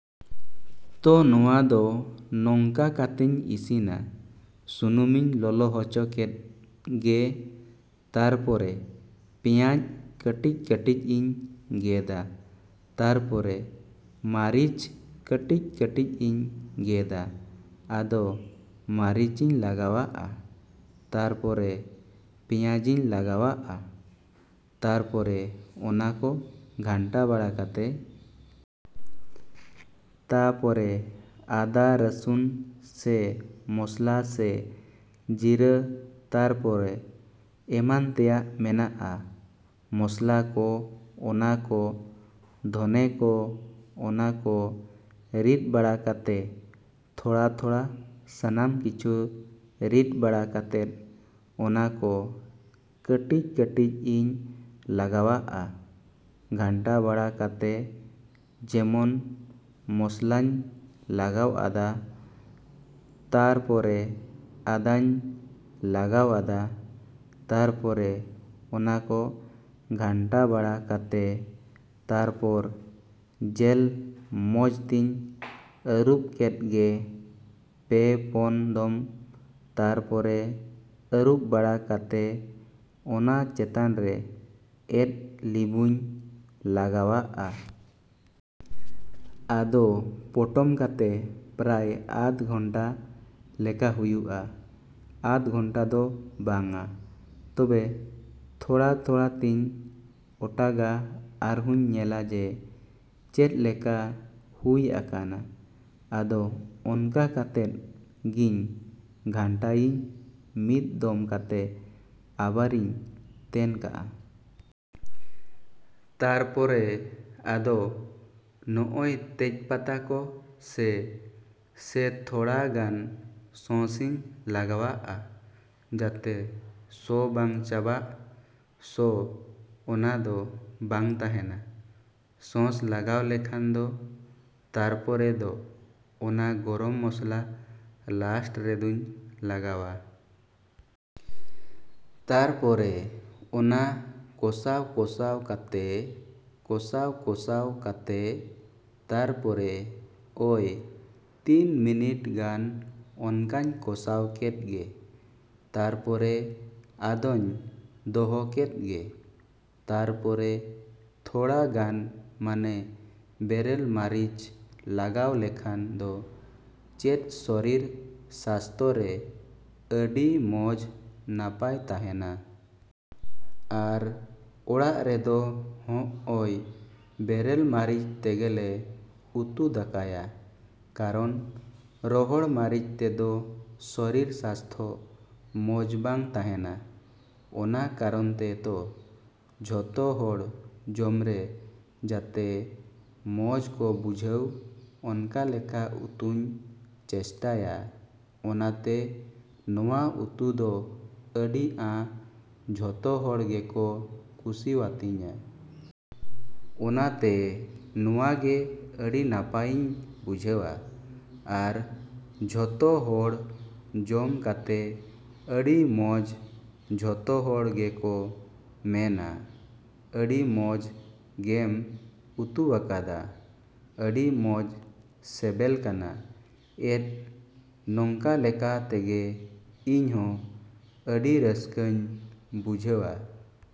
ᱛᱚ ᱱᱚᱣᱟ ᱫᱚ ᱱᱚᱝᱠᱟ ᱠᱟᱛᱤᱧ ᱤᱥᱤᱱᱟ᱾ ᱥᱩᱱᱩᱢᱤᱧ ᱞᱚᱞᱚ ᱦᱚᱪᱚ ᱠᱮᱫ, ᱜᱮ ᱛᱟᱨᱯᱚᱨᱮ ᱯᱮᱸᱭᱟᱡ ᱠᱟᱹᱴᱤᱡᱼᱠᱟᱹᱴᱤᱡ ᱤᱧ ᱜᱮᱫᱟ ᱛᱟᱨᱯᱚᱨᱮ ᱢᱟᱨᱤᱪ ᱠᱟᱹᱴᱤᱡᱼᱠᱟᱹᱴᱤᱡ ᱤᱧ ᱜᱮᱫᱟ ᱟᱫᱚ ᱢᱟᱨᱤᱪᱤᱧ ᱞᱟᱜᱟᱣᱟᱜᱼᱟ, ᱛᱟᱨᱯᱚᱨᱮ ᱯᱮᱸᱭᱟᱡᱤᱧ ᱞᱟᱜᱟᱣᱟᱜᱼᱟ᱾ ᱛᱟᱨᱯᱚᱨᱮ ᱚᱱᱟ ᱠᱚ ᱜᱷᱟᱱᱴᱟ ᱵᱟᱲᱟ ᱠᱟᱛᱮ ᱛᱟᱯᱚᱨᱮ ᱟᱫᱟ ᱨᱟᱹᱥᱩᱱ ᱥᱮ ᱢᱚᱥᱞᱟ ᱥᱮ ᱡᱤᱨᱟᱹ ᱛᱟᱨᱯᱚᱨᱮ ᱮᱢᱟᱱ ᱛᱮᱭᱟᱜ ᱢᱮᱱᱟᱜᱼᱟ ᱢᱚᱥᱞᱟ ᱠᱚ, ᱚᱱᱟ ᱠᱚ ᱫᱷᱚᱱᱮ ᱠᱚ ᱚᱱᱟ ᱠᱚ ᱨᱤᱫ ᱵᱟᱲᱟ ᱠᱟᱛᱮ ᱛᱷᱚᱲᱟᱼᱛᱷᱚᱲᱟ ᱥᱟᱱᱟᱢ ᱠᱤᱪᱷᱩ ᱨᱤᱫ ᱵᱟᱲᱟ ᱠᱟᱛᱮᱫ ᱚᱱᱟ ᱠᱚ ᱠᱟᱹᱴᱤᱡᱼᱠᱟᱹᱴᱤᱡ ᱤᱧ ᱞᱟᱜᱟᱣᱟᱜᱼᱟ ᱜᱷᱟᱱᱴᱟ ᱵᱟᱲᱟ ᱠᱟᱛᱮ ᱡᱮᱢᱚᱱ ᱢᱚᱥᱞᱟᱧ ᱞᱟᱜᱟᱣ ᱟᱫᱟ ᱛᱟᱨᱯᱚᱨᱮ ᱟᱫᱟᱧ ᱞᱟᱜᱟᱣ ᱟᱫᱟ ᱛᱟᱨᱯᱚᱨᱮ ᱚᱱᱟ ᱠᱚ ᱜᱷᱟᱱᱴᱟ ᱵᱟᱲᱟ ᱠᱟᱛᱮ ᱛᱟᱨᱯᱚᱨ ᱡᱮᱞ ᱢᱚᱡᱽ ᱛᱤᱧ ᱟᱹᱨᱩᱵ ᱠᱮᱫ ᱜᱮ ᱯᱮ ᱯᱚᱱ ᱫᱚᱢ ᱛᱟᱨᱯᱚᱨᱮ ᱟᱹᱨᱩᱵ ᱵᱟᱲᱟ ᱠᱟᱛᱮ ᱚᱱᱟ ᱪᱮᱛᱟᱱ ᱨᱮ ᱮᱫ ᱞᱤᱵᱩᱧ ᱞᱟᱜᱟᱣᱟᱜᱼᱟ᱾ ᱟᱫᱚ ᱯᱚᱴᱚᱢ ᱠᱟᱛᱮ ᱯᱨᱟᱭ ᱟᱫᱷ ᱜᱷᱚᱱᱴᱟ ᱞᱮᱠᱟ ᱦᱩᱭᱩᱜᱼᱟ ᱟᱫᱷ ᱜᱷᱚᱱᱴᱟ ᱫᱚ ᱵᱟᱝᱟ᱾ ᱛᱚᱵᱮ ᱛᱷᱚᱲᱟᱼᱛᱷᱚᱲᱟ ᱛᱤᱧ ᱚᱴᱟᱜᱟ ᱟᱨᱦᱩᱧ ᱧᱮᱞᱟ ᱡᱮ, ᱪᱮᱫ ᱞᱮᱠᱟ ᱦᱩᱭ ᱟᱠᱟᱱᱟ? ᱟᱫᱚ ᱚᱱᱠᱟ ᱠᱟᱛᱮᱫ ᱜᱤᱧ ᱜᱷᱟᱱᱴᱟᱭᱤᱧ ᱢᱤᱫ ᱫᱚᱢ ᱠᱟᱛᱮ ᱟᱵᱟᱨᱤᱧ ᱛᱮᱱ ᱠᱟᱜᱼᱟ᱾ ᱛᱟᱨᱯᱚᱨᱮ ᱟᱫᱚ ᱱᱚᱜᱼᱚᱭ ᱛᱮᱡ ᱯᱟᱛᱟ ᱠᱚ ᱥᱮ ᱥᱮ ᱛᱷᱚᱲᱟ ᱜᱟᱱ ᱥᱚᱸᱥᱤᱧ ᱞᱟᱜᱟᱣᱟᱜᱼᱟ ᱡᱟᱛᱮ ᱥᱚ ᱵᱟᱝ ᱪᱟᱵᱟᱜ ᱥᱚ ᱚᱱᱟ ᱫᱚ ᱵᱟᱝ ᱛᱟᱦᱮᱱᱟ, ᱥᱚᱸᱥ ᱞᱟᱜᱟᱣ ᱞᱮᱠᱷᱟᱱ ᱫᱚ᱾ ᱛᱟᱨᱯᱚᱨᱮ ᱫᱚ ᱚᱱᱟ ᱜᱚᱨᱚᱢ ᱢᱚᱥᱞᱟ ᱞᱟᱥᱴ ᱨᱮᱫᱩᱧ ᱞᱟᱜᱟᱣᱟ᱾ ᱛᱟᱨᱯᱚᱨᱮ ᱚᱱᱟ ᱠᱚᱥᱟᱣᱼᱠᱚᱥᱟᱣ ᱠᱟᱛᱮ ᱠᱚᱥᱟᱣ ᱠᱚᱥᱟᱣ ᱠᱟᱛᱮ ᱛᱟᱨᱯᱚᱨᱮ ᱚᱭ ᱛᱤᱱ ᱢᱤᱱᱤᱴ ᱜᱟᱱ ᱚᱱᱠᱟᱧ ᱠᱚᱥᱟᱣ ᱠᱮᱫ ᱜᱮ, ᱛᱟᱨᱯᱚᱨᱮ ᱟᱫᱚᱧ ᱫᱚᱦᱚ ᱠᱮᱫ ᱜᱮ᱾ ᱛᱟᱨᱯᱚᱨᱮ ᱛᱷᱚᱲᱟ ᱜᱟᱱ ᱢᱟᱱᱮ ᱵᱮᱨᱮᱞ ᱢᱟᱨᱤᱪ ᱞᱟᱜᱟᱣ ᱞᱮᱠᱷᱟᱱ ᱫᱚ ᱪᱮᱫ ᱥᱚᱨᱤᱨ ᱥᱟᱥᱛᱚ ᱨᱮ ᱟᱹᱰᱤ ᱢᱚᱡᱽ ᱱᱟᱯᱟᱭ ᱛᱟᱦᱮᱱᱟ᱾ ᱟᱨ ᱚᱲᱟᱜ ᱨᱮᱫᱚ ᱦᱚᱸᱜᱼᱚᱭ ᱵᱮᱨᱮᱞ ᱢᱟᱨᱤᱪ ᱛᱮᱜᱮᱞᱮ ᱩᱛᱩ ᱫᱟᱠᱟᱭᱟ᱾ ᱠᱟᱨᱚᱱ ᱨᱚᱦᱚᱲ ᱢᱟᱨᱤᱪ ᱛᱮᱫᱚ ᱥᱚᱨᱤᱨ ᱥᱟᱥᱛᱷᱚ ᱢᱚᱡᱽ ᱵᱟᱝ ᱛᱟᱦᱮᱱᱟ ᱚᱱᱟ ᱠᱟᱨᱚᱱ ᱛᱮ ᱛᱚ, ᱡᱷᱚᱛᱚ ᱦᱚᱲ ᱡᱚᱢ ᱨᱮ ᱡᱟᱛᱮ ᱢᱚᱡᱽ ᱠᱚ ᱵᱩᱡᱷᱟᱹᱣ, ᱚᱱᱠᱟᱞᱮᱠᱟ ᱩᱛᱩᱧ ᱪᱮᱥᱴᱟᱭᱟ, ᱚᱱᱟᱛᱮ ᱱᱚᱣᱟ ᱩᱛᱩ ᱫᱚ ᱟᱹᱰᱤ ᱟᱸ ᱡᱷᱚᱛᱚ ᱦᱚᱲ ᱜᱮᱠᱚ ᱠᱩᱥᱤᱣᱟᱛᱤᱧᱟ᱾ ᱚᱱᱟᱛᱮ ᱱᱚᱣᱟ ᱜᱮ ᱟᱹᱰᱤ ᱱᱟᱯᱟᱭᱤᱧ ᱵᱩᱡᱷᱟᱹᱣᱟ, ᱟᱨ ᱡᱷᱚᱛᱚ ᱦᱚᱲ ᱡᱚᱢ ᱠᱟᱛᱮ ᱟᱹᱰᱤ ᱢᱚᱡᱽ ᱡᱷᱚᱛᱚ ᱦᱚᱲ ᱜᱮᱠᱚ ᱢᱮᱱᱟ ᱟᱹᱰᱤ ᱢᱚᱡᱽ ᱜᱮᱢ ᱩᱛᱩᱣᱟᱠᱟᱫᱟ᱾ ᱟᱹᱰᱤ ᱢᱚᱡᱽ ᱥᱮᱵᱮᱞ ᱠᱟᱱᱟ, ᱮᱫ ᱱᱚᱝᱠᱟᱞᱮᱠᱟ ᱛᱮᱜᱮ ᱤᱧ ᱦᱚᱸ ᱟᱹᱰᱤ ᱨᱟᱹᱥᱠᱟᱹᱧ ᱵᱩᱡᱷᱟᱹᱣᱟ᱾